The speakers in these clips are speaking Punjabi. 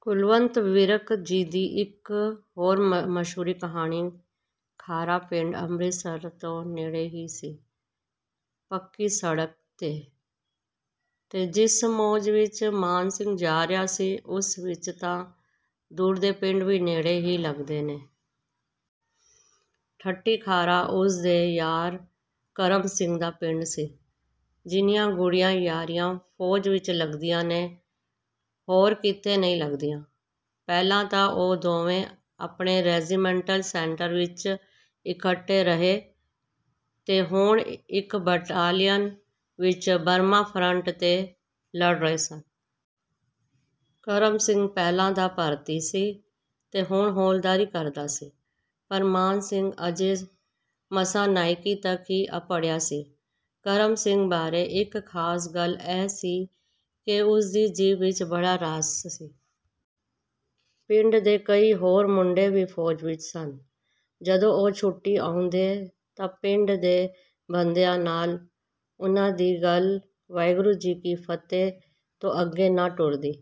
ਕੁਲਵੰਤ ਵਿਰਕ ਜੀ ਦੀ ਇੱਕ ਹੋਰ ਮਸ਼ਹੂਰ ਕਹਾਣੀ - ਖਾਰਾ ਪਿੰਡ ਅੰਮ੍ਰਿਤਸਰ ਤੋਂ ਨੇੜੇ ਹੀ ਸੀ, ਪੱਕੀ ਸੜਕ 'ਤੇ। ਤੇ ਜਿਸ ਮੌਜ ਵਿਚ ਮਾਨ ਸਿੰਘ ਜਾ ਰਿਹਾ ਸੀ, ਉਸ ਵਿਚ ਤਾਂ ਦੂਰ ਦੇ ਪਿੰਡ ਵੀ ਨੇੜੇ ਹੀ ਲੱਗਦੇ ਨੇ। 'ਠੱਠੀ ਖਾਰਾ' ਉਸ ਦੇ ਯਾਰ ਕਰਮ ਸਿੰਘ ਦਾ ਪਿੰਡ ਸੀ। ਜਿੰਨੀਆਂ ਗੂੜ੍ਹੀਆਂ ਯਾਰੀਆਂ ਫ਼ੌਜ ਵਿਚ ਲੱਗਦੀਆਂ ਨੇ, ਹੋਰ ਕਿਤੇ ਨਹੀਂ ਲੱਗਦੀਆਂ। ਪਹਿਲਾਂ ਤਾਂ ਉਹ ਦੋਵੇਂ ਆਪਣੇ ਰੈਜੀਮੈਂਟਲ ਸੈਂਟਰ ਵਿਚ ਇਕੱਠੇ ਰਹੇ ਤੇ ਹੁਣ ਇਕ ਬਟਾਲੀਅਨ ਵਿਚ ਬਰਮਾ ਫਰੰਟ 'ਤੇ ਲੜ ਰਹੇ ਸਨ। ਕਰਮ ਸਿੰਘ ਪਹਿਲਾਂ ਦਾ ਭਰਤੀ ਸੀ ਤੇ ਹੁਣ ਹੌਲਦਾਰੀ ਕਰਦਾ ਸੀ ਪਰ ਮਾਨ ਸਿੰਘ ਅਜੇ ਮਸਾਂ ਨਾਇਕੀ ਤੱਕ ਹੀ ਅੱਪੜਿਆ ਸੀ। ਕਰਮ ਸਿੰਘ ਬਾਰੇ ਇਕ ਖ਼ਾਸ ਗੱਲ ਇਹ ਸੀ ਕਿ ਉਸ ਦੀ ਜੀਭ ਵਿਚ ਬੜਾ ਰਸ ਸੀ। ਪਿੰਡ ਦੇ ਕਈ ਹੋਰ ਮੁੰਡੇ ਵੀ ਫ਼ੌਜ ਵਿਚ ਸਨ। ਜਦੋਂ ਉਹ ਛੁੱਟੀ ਆਉਂਦੇ ਤਾਂ ਪਿੰਡ ਦੇ ਬੰਦਿਆਂ ਨਾਲ ਉਨ੍ਹਾਂ ਦੀ ਗੱਲ 'ਵਾਹਿਗੁਰੂ ਜੀ ਕੀ ਫ਼ਤਹਿ' ਤੋਂ ਅੱਗੇ ਨਾ ਟੁਰਦੀ,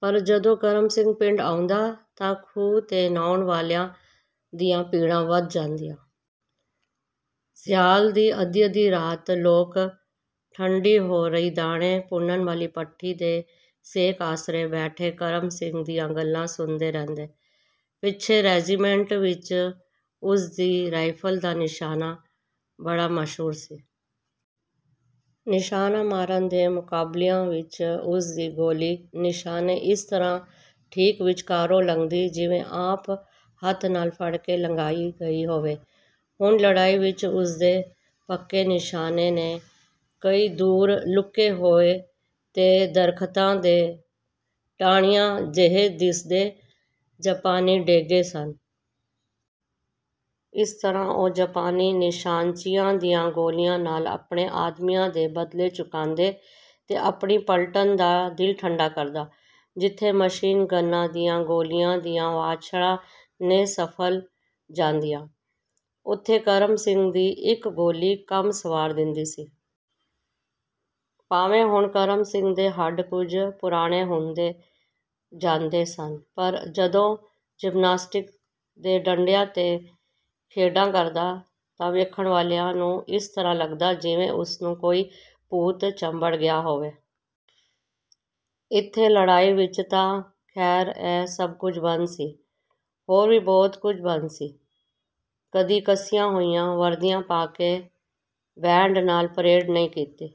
ਪਰ ਜਦੋਂ ਕਰਮ ਸਿੰਘ ਪਿੰਡ ਆਉਂਦਾ ਤਾਂ ਖੂਹ 'ਤੇ ਨ੍ਹਾਉਣ ਵਾਲਿਆਂ ਦੀਆਂ ਭੀੜਾਂ ਵੱਧ ਜਾਂਦੀਆਂ। ਸਿਆਲ ਦੀ ਅੱਧੀ-ਅੱਧੀ ਰਾਤ ਲੋਕ ਠੰਡੀ ਹੋ ਰਹੀ ਦਾਣੇ ਭੁੰਨਣ ਵਾਲੀ ਭੱਠੀ ਦੇ ਸੇਕ ਆਸਰੇ ਬੈਠੇ ਕਰਮ ਸਿੰਘ ਦੀਆਂ ਗੱਲਾਂ ਸੁਣਦੇ ਰਹਿੰਦੇ। ਪਿੱਛੇ ਰੈਜੀਮੈਂਟ ਵਿਚ ਉਸ ਦੀ ਰਾਈਫਲ ਦਾ ਨਿਸ਼ਾਨਾ ਬੜਾ ਮਸ਼ਹੂਰ ਸੀ। ਨਿਸ਼ਾਨਾ ਮਾਰਨ ਦੇ ਮੁਕਾਬਲਿਆਂ ਵਿਚ ਉਸ ਦੀ ਗੋਲੀ ਨਿਸ਼ਾਨੇ ਇਸ ਤਰ੍ਹਾਂ ਠੀਕ ਵਿਚਕਾਰੋਂ ਲੰਘਦੀ, ਜਿਵੇਂ ਆਪ ਹੱਥ ਨਾਲ ਫੜ ਕੇ ਲੰਘਾਈ ਗਈ ਹੋਵੇ। ਹੁਣ ਲੜਾਈ ਵਿਚ ਉਸ ਦੇ ਪੱਕੇ ਨਿਸ਼ਾਨੇ ਨੇ ਕਈ ਦੂਰ ਲੁਕੇ ਹੋਏ ਤੇ ਦਰਖ਼ਤਾਂ ਦੇ ਟਾਹਣੀਆਂ ਜਿਹੇ ਦਿਸਦੇ ਜਾਪਾਨੀ ਡੇਗੇ ਸਨ। ਇਸ ਤਰ੍ਹਾਂ ਉਹ ਜਾਪਾਨੀ ਨਿਸ਼ਾਨਚੀਆਂ ਦੀਆਂ ਗੋਲੀਆਂ ਨਾਲ ਆਪਣੇ ਆਦਮੀਆਂ ਦੇ ਬਦਲੇ ਚੁਕਾਂਦਾ ਤੇ ਆਪਣੀ ਪਲਟਨ ਦਾ ਦਿਲ ਠੰਢਾ ਕਰਦਾ। ਜਿੱਥੇ ਮਸ਼ੀਨ ਗੰਨਾਂ ਦੀਆਂ ਗੋਲੀਆਂ ਦੀਆਂ ਵਾਛੜਾਂ ਨਿਸਫਲ ਜਾਂਦੀਆਂ, ਉੱਥੇ ਕਰਮ ਸਿੰਘ ਦੀ ਇਕ ਗੋਲੀ ਕੰਮ ਸਵਾਰ ਦਿੰਦੀ ਸੀ। ਭਾਵੇਂ ਹੁਣ ਕਰਮ ਸਿੰਘ ਦੇ ਹੱਡ ਕੁਝ ਪੁਰਾਣੇ ਹੁੰਦੇ ਜਾਂਦੇ ਸਨ, ਪਰ ਜਦੋਂ ਜਿਮਨਾਸਟਿਕ ਦੇ ਡੰਡਿਆਂ 'ਤੇ ਖੇਡਾਂ ਕਰਦਾ ਤਾਂ ਵੇਖਣ ਵਾਲਿਆਂ ਨੂੰ ਇਸ ਤਰ੍ਹਾਂ ਲੱਗਦਾ, ਜਿਵੇਂ ਉਸ ਨੂੰ ਕੋਈ ਭੂਤ ਚੰਬੜ ਗਿਆ ਹੋਵੇ। ਇੱਥੇ ਲੜਾਈ ਵਿਚ ਤਾਂ ਖ਼ੈਰ ਇਹ ਸਭ ਕੁਝ ਬੰਦ ਸੀ। ਹੋਰ ਵੀ ਬਹੁਤ ਕੁਝ ਬੰਦ ਸੀ। ਕਦੀ ਕੱਸੀਆਂ ਹੋਈਆਂ ਵਰਦੀਆਂ ਪਾ ਕੇ ਬੈਂਡ ਨਾਲ ਪਰੇਡ ਨਹੀਂ ਕੀਤੀ।